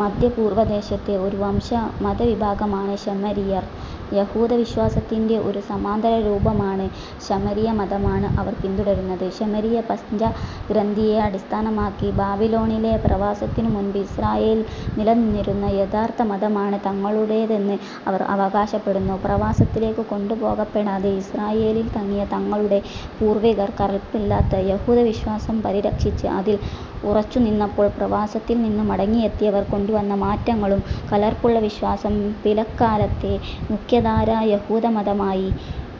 മദ്ധ്യപൂർവദേശത്തെ ഒരു വംശ-മതവിഭാഗമാണ് ശമരിയർ. യഹൂദവിശ്വാസത്തിന്റെ ഒരു സമാന്തരരൂപമായ ശമരിയമതമാണ് അവർ പിന്തുടരുന്നത്. ശമരിയ പഞ്ചഗ്രന്ഥിയെ അടിസ്ഥാനമാക്കി, ബാബിലോണിലെ പ്രവാസത്തിനുമുൻപ് ഇസ്രായേലിൽ നിലനിന്നിരുന്ന യഥാർത്ഥമതമാണ് തങ്ങളുടേതെന്ന് അവർ അവകാശപ്പെടുന്നു. പ്രവസത്തിലേക്ക് കൊണ്ടുപോകപ്പെടാതെ ഇസ്രായേലിൽ തങ്ങിയ തങ്ങളുടെ പൂർവികർ കലർപ്പില്ലാത്ത യഹൂദവിശ്വാസം പരിരക്ഷിച്ച് അതിൽ ഉറച്ചുനിന്നപ്പോൾ, പ്രവാസത്തിൽ നിന്ന് മടങ്ങിയെത്തിയവർ കൊണ്ടുവന്ന മാറ്റങ്ങളും കലർപ്പുമുള്ള വിശ്വാസം പിലക്കാലത്തെ മുഖ്യധാരാ യഹൂദമതമായി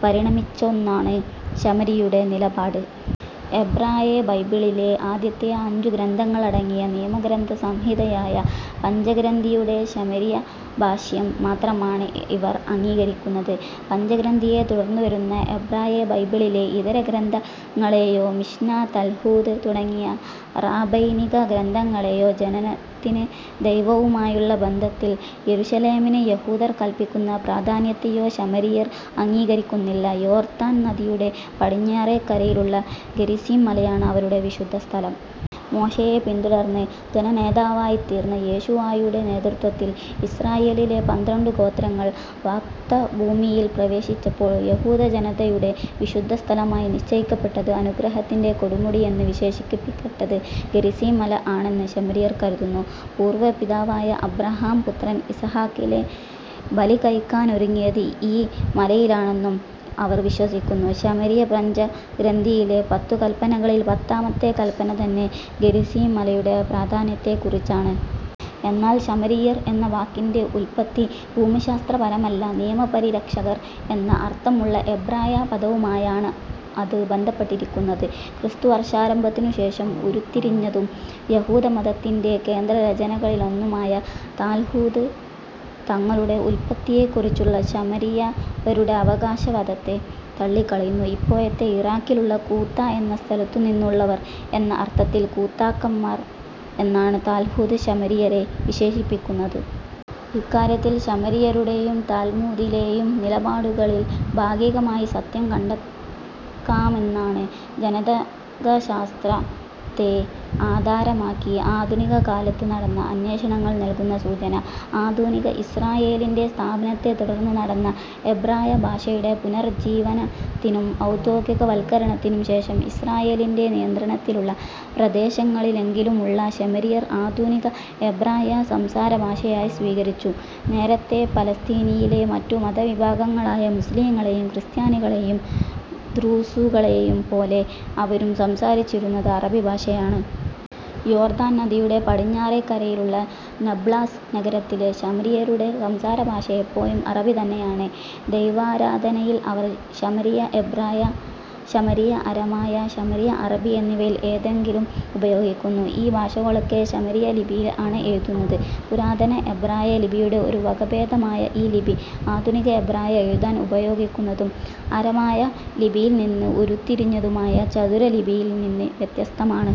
പരിണമിച്ചെന്നാണ് ശമരിയരുടെ നിലപാട്. എബ്രായബൈബിളിലെ ആദ്യത്തെ അഞ്ചുഗ്രന്ഥങ്ങളടങ്ങിയ നിയമഗ്രന്ഥസംഹിതയായ പഞ്ചഗ്രന്ഥിയുടെ ശമരിയഭാഷ്യം മാത്രമാണ് ഇവർ അംഗീകരിക്കുന്നത്. പഞ്ചഗ്രന്ഥിയെ തുടർന്നു വരുന്ന എബ്രായബൈബിളിലെ ഇതരഗ്രന്ഥങ്ങളെയോ, മിഷ്നാ, താൽമൂദ് തുടങ്ങിയ റാബൈനിക ഗ്രന്ഥങ്ങളേയോ, ജനത്തിന് ദൈവവുമായുള്ള ബന്ധത്തിൽ യെരുശലേമിന് യഹൂദർ കല്പിക്കുന്ന പ്രാധാന്യത്തെയോ ശമരിയർ അംഗീകരിക്കുന്നില്ല. യോർദ്ദാൻ നദിയുടെ പടിഞ്ഞേറെക്കരയിലുള്ള ഗെരിസിം മലയാണ് അവരുടെ വിശുദ്ധസ്ഥലം. മോശെയെ പിന്തുടർന്ന് ജനനേതാവായിത്തീർന്ന യോശുവായുടെ നേതൃത്വത്തിൽ ഇസ്രായേലിലെ പന്ത്രണ്ടു ഗോത്രങ്ങൾ വാഗ്ദത്തഭൂമിയിൽ പ്രവേശിച്ചപ്പോൾ, യഹൂദജനതയുടെ വിശുദ്ധസ്ഥലമായി നിശ്ചയിക്കപ്പെട്ടത് അനുഗ്രത്തിന്റെ കൊടുമുടിയെന്ന് വിശേഷിപ്പിക്കപ്പെട്ട ഗെരിസിം മല ആണെന്ന് ശമരിയർ കരുതുന്നു. പൂർവപിതാവായ അബ്രാഹം പുത്രൻ ഇസഹാക്കിലെ ബലികഴിക്കാനൊരുങ്ങിയത് ഈ മലയിലാണെന്നും അവർ വിശ്വസിക്കുന്നു. ശമരിയപഞ്ചഗ്രന്ഥിയിലെ പത്തുകല്പനകളിൽ പത്താമത്തെ കല്പന തന്നെ ഗെരിസിം മലയുടെ പ്രാധാന്യത്തെക്കുറിച്ചാണ്. എന്നാൽ 'ശമരിയർ' എന്ന വാക്കിന്റെ ഉല്പത്തി ഭൂമിശാസ്ത്രപരമല്ല. "നിയമപരിരക്ഷകർ" എന്ന അർത്ഥമുള്ള എബ്രായ പദവുമായാണ് അത് ബന്ധപ്പെട്ടിരിക്കുന്നത്. ക്രിസ്തുവർഷാരംഭത്തിനുശേഷം ഉരുത്തിരിഞ്ഞതും, യഹൂദമതമതത്തിന്റെ കേന്ദ്രരചനകളിലൊന്നുമായ താൽമൂദ്, തങ്ങളുടെ ഉല്പത്തിയെക്കുറിച്ചുള്ള ശമരിയരുടെ അവകാശവാദത്തെ തള്ളിക്കളയുന്നു. ഇപ്പോഴത്തെ ഇറാഖിലുള്ള കൂത്താ എന്ന സ്ഥലത്തുനിന്നുള്ളവർ എന്ന അർത്ഥത്തിൽ കൂത്താക്കാർ എന്നാണ് താൽമൂദ് ശമരിയരെ വിശേഷിപ്പിക്കുന്നത്. ഇക്കാര്യത്തിൽ ശമരിയരുടേയും താൽമൂദിലേയും നിലപാടുകളിൽ ഭാഗികമായ സത്യം കണ്ടെക്കാമെന്നാണ് ജനിതകശാസ്ത്രത്തെ ആധാരമാക്കി ആധുനികകാലത്ത് നടന്ന അന്വേഷണങ്ങൾ നൽകുന്ന സൂചന. ആധുനിക ഇസ്രായേലിന്റെ സ്ഥാപനത്തെ തുടർന്ന് നടന്ന എബ്രായഭാഷയുടെ പുനർജ്ജീവനത്തിനും ഔദ്യോഗികവൽക്കരണത്തിനും ശേഷം, ഇസ്രായേലിന്റെ നിയന്ത്രണത്തിലുള്ള പ്രദേശങ്ങളിലെങ്കിലുമുള്ള ശമരിയർ ആധുനിക എബ്രായ സംസാരഭാഷയായി സ്വീകരിച്ചു. നേരത്തേ, പലസ്തീനയിലെ മറ്റു മതവിഭാഗങ്ങളായ മുസ്ലിങ്ങളേയും, ക്രിസ്ത്യാനികളേയും ദ്രൂസുകളേയും പോലെ, അവരും സംസാരിച്ചിരുന്നത് അറബി ഭാഷയാണ്. യോർദ്ദൻ നദിയുടെ പടിഞ്ഞാറേക്കരയിലുള്ള നാബ്ലസ് നഗരത്തിലെ ശമരിയരുടെ സംസാരഭാഷ ഇപ്പോഴും അറബി തന്നെയാണ്. ദൈവാരാധനയിൽ അവർ ശമരിയ-എബ്രായ, ശമരിയ-അരമായ, ശമരിയ-അറബി എന്നിവയിൽ ഏതെങ്കിലും ഉപയോഗിക്കുന്നു. ഈ ഭാഷകളൊക്കെ ശമരിയ ലിപിയിൽ ആണ് എഴുതുന്നത്. പുരാതന എബ്രായ ലിപിയുടെ ഒരു വകഭേദമായ ഈ ലിപി, ആധുനിക എബ്രായ എഴുതാൻ ഉപയോഗിക്കുന്നതും അരമായ ലിപിയിൽ നിന്ന് ഉരുത്തിരിഞ്ഞതുമായ ചതുരലിപിയിൽ നിന്ന് വ്യത്യസ്തമാണ്.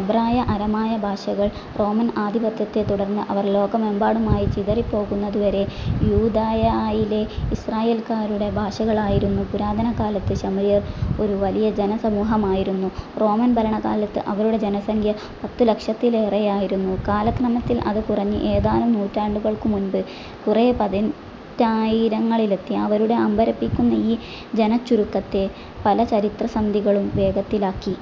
എബ്രായ, അരമായ ഭാഷകൾ, റോമൻ ആധിപത്യത്തെ തുടർന്ന് അവർ ലോകമെമ്പാടുമായി ചിതറിപ്പോകുന്നതുവരെ, യൂദയായിലെ ഇസ്രായേൽക്കാരുടെ ഭാഷകൾ ആയിരുന്നു. പുരാതനകാലത്ത് ശമരിയർ ഒരു വലിയ ജനസമൂഹമായിരുന്നു. റോമൻ ഭരണകാലത്ത് അവരുടെ ജനസംഖ്യ പത്തുലക്ഷത്തിലേറെയായിരുന്നു. കാലക്രമത്തിൽ അത് കുറഞ്ഞ് ഏതാനും നൂറ്റാണ്ടുകൾക്കുമുൻപ് കുറേ പതിറ്റായിരങ്ങളിലെത്തി. അവരുടെ അമ്പരപ്പിക്കുന്ന ഈ ജനച്ചുരുക്കത്തെ പലചരിത്രസന്ധികളും വേഗത്തിലാക്കി.